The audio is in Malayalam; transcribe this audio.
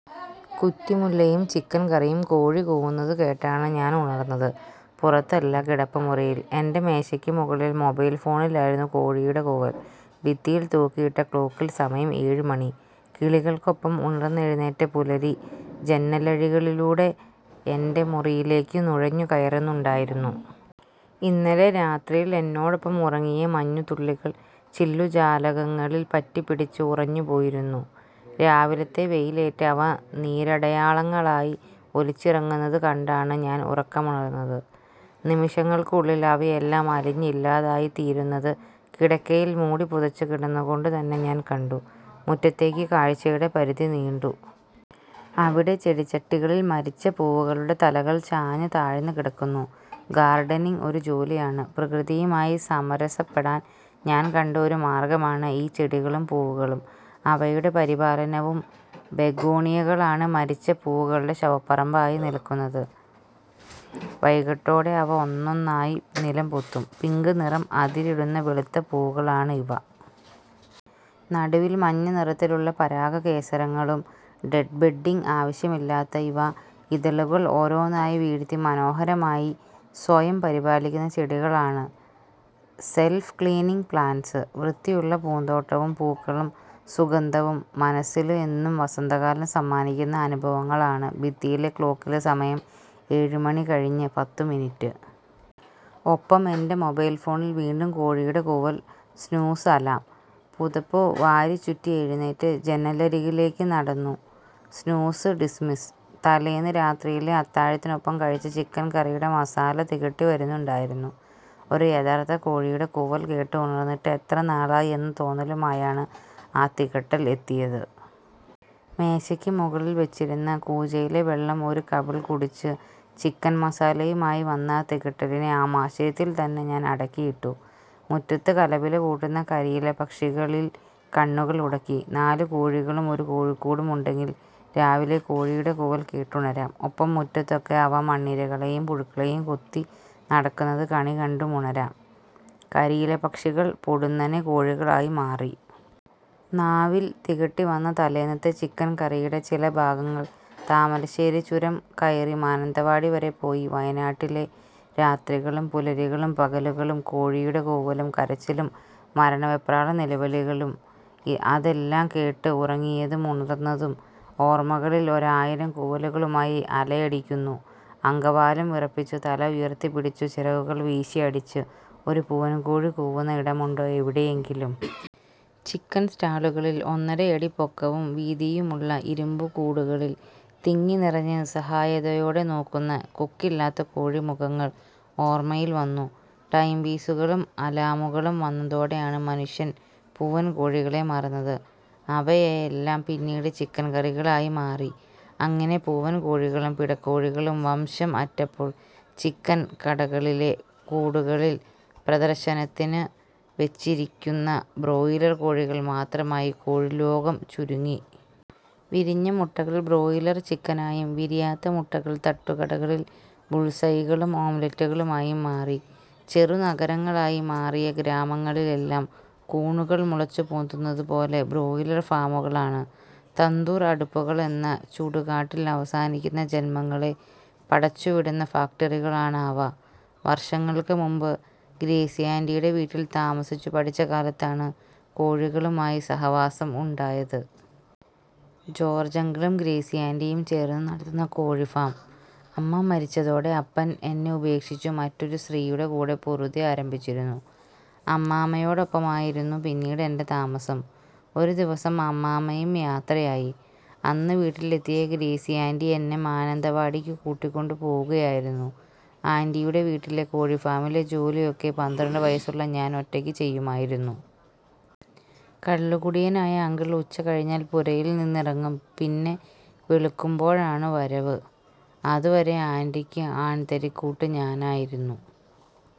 കുറ്റിമുല്ലയും ചിക്കൻ കറിയും കോഴി കൂവുന്നതു കേട്ടാണ് ഞാൻ ഉണർന്നത്. പുറത്തല്ല, കിടപ്പുമുറിയിൽ. എന്റെ മേശയ്ക്ക് മുകളിൽ മൊബൈൽ ഫോണിലായിരുന്നു കോഴിയുടെ കൂവൽ. ഭിത്തിയിൽ തൂക്കിയിട്ട ക്ലോക്കിൽ സമയം ഏഴുമണി. കിളികൾക്കൊപ്പം ഉണർന്നെഴുനേറ്റ പുലരി ജന്നലഴികളിലൂടെ എന്റെ മുറിയിലേക്ക് നുഴഞ്ഞു കയറുന്നുണ്ടായിരുന്നു. ഇന്നലെ രാത്രിയിൽ എന്നോടൊപ്പം ഉറങ്ങിയ മഞ്ഞുതുള്ളികൾ ചില്ലു ജാലകങ്ങളിൽ പറ്റിപ്പിടിച്ച് ഉറഞ്ഞ് പോയിരുന്നു. രാവിലത്തെ വെയിലേറ്റ് അവ നീരടയാളങ്ങളായി ഒലിച്ചിറങ്ങുന്നതു കണ്ടാണ് ഞാൻ ഉറക്കമുണർന്നത്. നിമിഷങ്ങൾക്കുള്ളിൽ അവയെല്ലാം അലിഞ്ഞ് ഇല്ലാതായിത്തീരുന്നത് കിടക്കയിൽ മൂടിപ്പുതച്ച് കിടന്നുകൊണ്ട് തന്നെ ഞാൻ കണ്ടു. മുറ്റത്തേക്ക് കാഴ്ചയുടെ പരിധി നീണ്ടു. അവിടെ ചെടിച്ചട്ടികളിൽ മരിച്ച പൂവുകളുടെ തലകൾ ചാഞ്ഞ് താഴ്ന്ന് കിടക്കുന്നു. ഗാർഡനിംഗ് ഒരു ജോലിയാണ്. പ്രകൃതിയുമായി സമരസപ്പെടാൻ ഞാൻ കണ്ട ഒരു മാർഗമാണ് ഈ ചെടികളും പൂവുകളും അവയുടെ പരിപാലനവും. ബെഗോണിയകളാണ് മരിച്ച പൂവുകളുടെ ശവപ്പറമ്പായി നിൽക്കുന്നത്. വൈകീട്ടോടെ അവ ഒന്നൊന്നായി നിലംപൊത്തും. പിങ്ക് നിറം അതിരിടുന്ന വെളുത്ത പൂവുകളാണ് ഇവ. നടുവിൽ മഞ്ഞ നിറത്തിലുള്ള പരാഗകേസരങ്ങളും. ഡെഡ്ബെഡ്ഡിംഗ് ആവശ്യമില്ലാത്ത ഇവ ഇതളുകൾ ഒരോന്നായി വീഴ്ത്തി മനോഹരമായി സ്വയം പരിപാലിക്കുന്ന ചെടികളാണ് -സെല്ഫ് ക്ലീനിംഗ് പ്ലാന്റ്സ്. വൃത്തിയുള്ള പൂന്തോട്ടവും, പൂക്കളും, സുഗന്ധവും മനസ്സില് എന്നും വസന്തകാലം സമ്മാനിക്കുന്ന അനുഭവങ്ങളാണ് ഭിത്തിയിലെ ക്ലോക്കില് സമയം ഏഴു മണി കഴിഞ്ഞ് പത്ത് മിനിട്ട്. ഒപ്പം, എന്റെ മൊബൈൽ ഫോണിൽ വീണ്ടും കോഴിയുടെ കൂവൽ സ്നൂസ് അലാം. പുതപ്പുവാരിച്ചുറ്റി എഴുന്നേറ്റ് ജന്നലരികിലേക്ക് നടന്നു സ്നൂസ് ഡിസ്മിസ്. തലേന്ന് രാത്രിയിലെ അത്താഴത്തിനൊപ്പം കഴിച്ച ചിക്കൻ കറിയുടെ മസാല തികട്ടി വരുന്നുണ്ടായിരുന്നു. ഒരു യഥാർത്ഥ കോഴിയുടെ കൂവൽ കേട്ട് ഉണർന്നിട്ട് എത്ര നാളായി എന്ന തോന്നലുമായാണ് ആ തികട്ടൽ എത്തിയത്. മേശയ്ക്ക് മുകളിൽ വെച്ചിരുന്ന കൂജയിലെ വെള്ളം ഒരു കവിൾ കുടിച്ച് ചിക്കൻ മസാലയുമായി വന്ന ആ തികട്ടലിനെ ആമാശയത്തിൽ തന്നെ ഞാൻ അടക്കിയിട്ടു. മുറ്റത്ത് കലപിലകൂട്ടുന്ന കരിയിലപക്ഷികളിൽ കണ്ണുകൾ ഉടക്കി. നാലു കോഴികളും ഒരു കോഴിക്കൂടും ഉണ്ടെങ്കിൽ രാവിലെ കോഴിയുടെ കൂവൽ കേട്ടുണരാം. ഒപ്പം മുറ്റത്തൊക്കെ അവ മണ്ണിരകളെയും പുഴുക്കളേയും കൊത്തി നടക്കുന്നത് കണികണ്ടുമുണരാം കരിയില പക്ഷികൾ പൊടുന്നനെ കോഴികളായി മാറി. നാവിൽ തികട്ടിവന്ന തലേന്നത്തെ ചിക്കൻ കറിയുടെ ചില ഭാഗങ്ങൾ താമരശ്ശേരി ചുരം കയറി മാനന്തവാടി വരെ പോയി വയനാട്ടിലെ രാത്രികളും, പുലരികളും, പകലുകളും കോഴിയുടെ കൂവലും കരച്ചിലും മരണവെപ്രാള നിലവിളികളും അതെല്ലാം കേട്ട് ഉറങ്ങിയതും ഉണർന്നതും, ഓർമകളിൽ ഒരായിരം കൂവലുകളുമായി അലയടിക്കുന്നു അങ്കവാലും വിറപ്പിച്ച് തല ഉയർത്തിപ്പിടിച്ചു ചിറകുകൾ വീശിഅടിച്ച് ഒരു പൂവൻ കോഴി കൂവുന്ന ഇടമുണ്ടോ എവിടെയെങ്കിലും.? ചിക്കൻ സ്റ്റാളുകളിൽ, ഒന്നരയടി പൊക്കവും വീതിയുമുള്ള ഇരുമ്പുകൂടുകളിൽ തിങ്ങിനിറഞ്ഞ് നിസ്സാഹയതോടെ നോക്കുന്ന കൊക്കില്ലാത്ത കോഴി മുഖങ്ങൾ ഓർമയിൽ വന്നു. ടൈം പീസുകളും അലാമുകളും വന്നതോടെയാണ് മനുഷ്യൻ പൂവൻ കോഴികളെ മറന്നത്. അവയെയെല്ലാം പിന്നീട് ചിക്കൻ കറികളായി മാറി. അങ്ങിനെ പൂവൻകോഴികളും പിടക്കോഴികളും വംശം അറ്റപ്പോൾ ചിക്കൻ കടകളിലെ കൂടുകളിൾ പ്രദർശനത്തിന് വെച്ചിരിക്കുന്ന ബ്രോയിലർ കോഴികൾ മാത്രമായി കോഴിലോകം ചുരുങ്ങി. വിരിഞ്ഞ മുട്ടകൾ ബ്രോയിലർ ചിക്കനായും വിരിയാത്ത മുട്ടകൾ തട്ടുകടകളിൽ ബുള്സൈകളും ഓംലെറ്റുകളുമായും മാറി ചെറുനഗരങ്ങളായി മാറിയ ഗ്രാമങ്ങളിലെല്ലാം കൂണുകൾ മുളച്ചു പൊന്തുന്നതു പോലെ ബ്രോയിലർ ഫാമുകളാണ്. തന്തൂർ അടുപ്പുകളെന്ന ചുടുകാട്ടിൽ അവസാനിക്കുന്ന ജന്മങ്ങളെ പടച്ചുവിടുന്ന ഫാക്ടറികളാണ് അവ. വർഷങ്ങൾക്ക് മുമ്പ് ഗ്രേസിയാന്റിയുടെ വീട്ടിൽ താമസിച്ചു പഠിച്ച കാലത്താണ് കോഴികളുമായി സഹവാസം ഉണ്ടായത്. ജോർജങ്കിളും ഗ്രേസിയാന്റിയും ചേർന്നു നടത്തുന്ന കോഴിഫാം. അമ്മ മരിച്ചതോടെ അപ്പൻ എന്നെ ഉപേക്ഷിച്ചു മറ്റൊരു സ്ത്രീയുടെ കൂടെ പൊറുതി ആരംഭിച്ചിരുന്നു. അമ്മാമ്മയൊടൊപ്പമായിരുന്നു പിന്നീട് എന്റെ താമസം. ഒരു ദിവസം അമ്മാമ്മയും യാത്രയായി. അന്ന് വീട്ടിലെത്തിയ ഗ്രേസിയാന്റി എന്നെ മാനന്തവാടിക്ക് കൂട്ടിക്കൊണ്ടു പോകുകയായിരുന്നു. ആൻ്റിയുടെ വീട്ടിലെ കോഴിഫാമിലെ ജോലിയൊക്കെ പന്ത്രണ്ട് വയസ്സുള്ള ഞാൻ ഒറ്റയ്ക്ക് ചെയ്യുമായിരുന്നു. കള്ളുകുടിയനായ അങ്കിൾ ഉച്ചകഴിഞ്ഞാൽ പുരയിൽ നിന്നിറങ്ങും പിന്നെ വെളുക്കുമ്പോഴാണ് വരവ്. അതുവരെ ആന്റിക്ക് ആൺതരി കൂട്ട് ഞാനായിരുന്നു.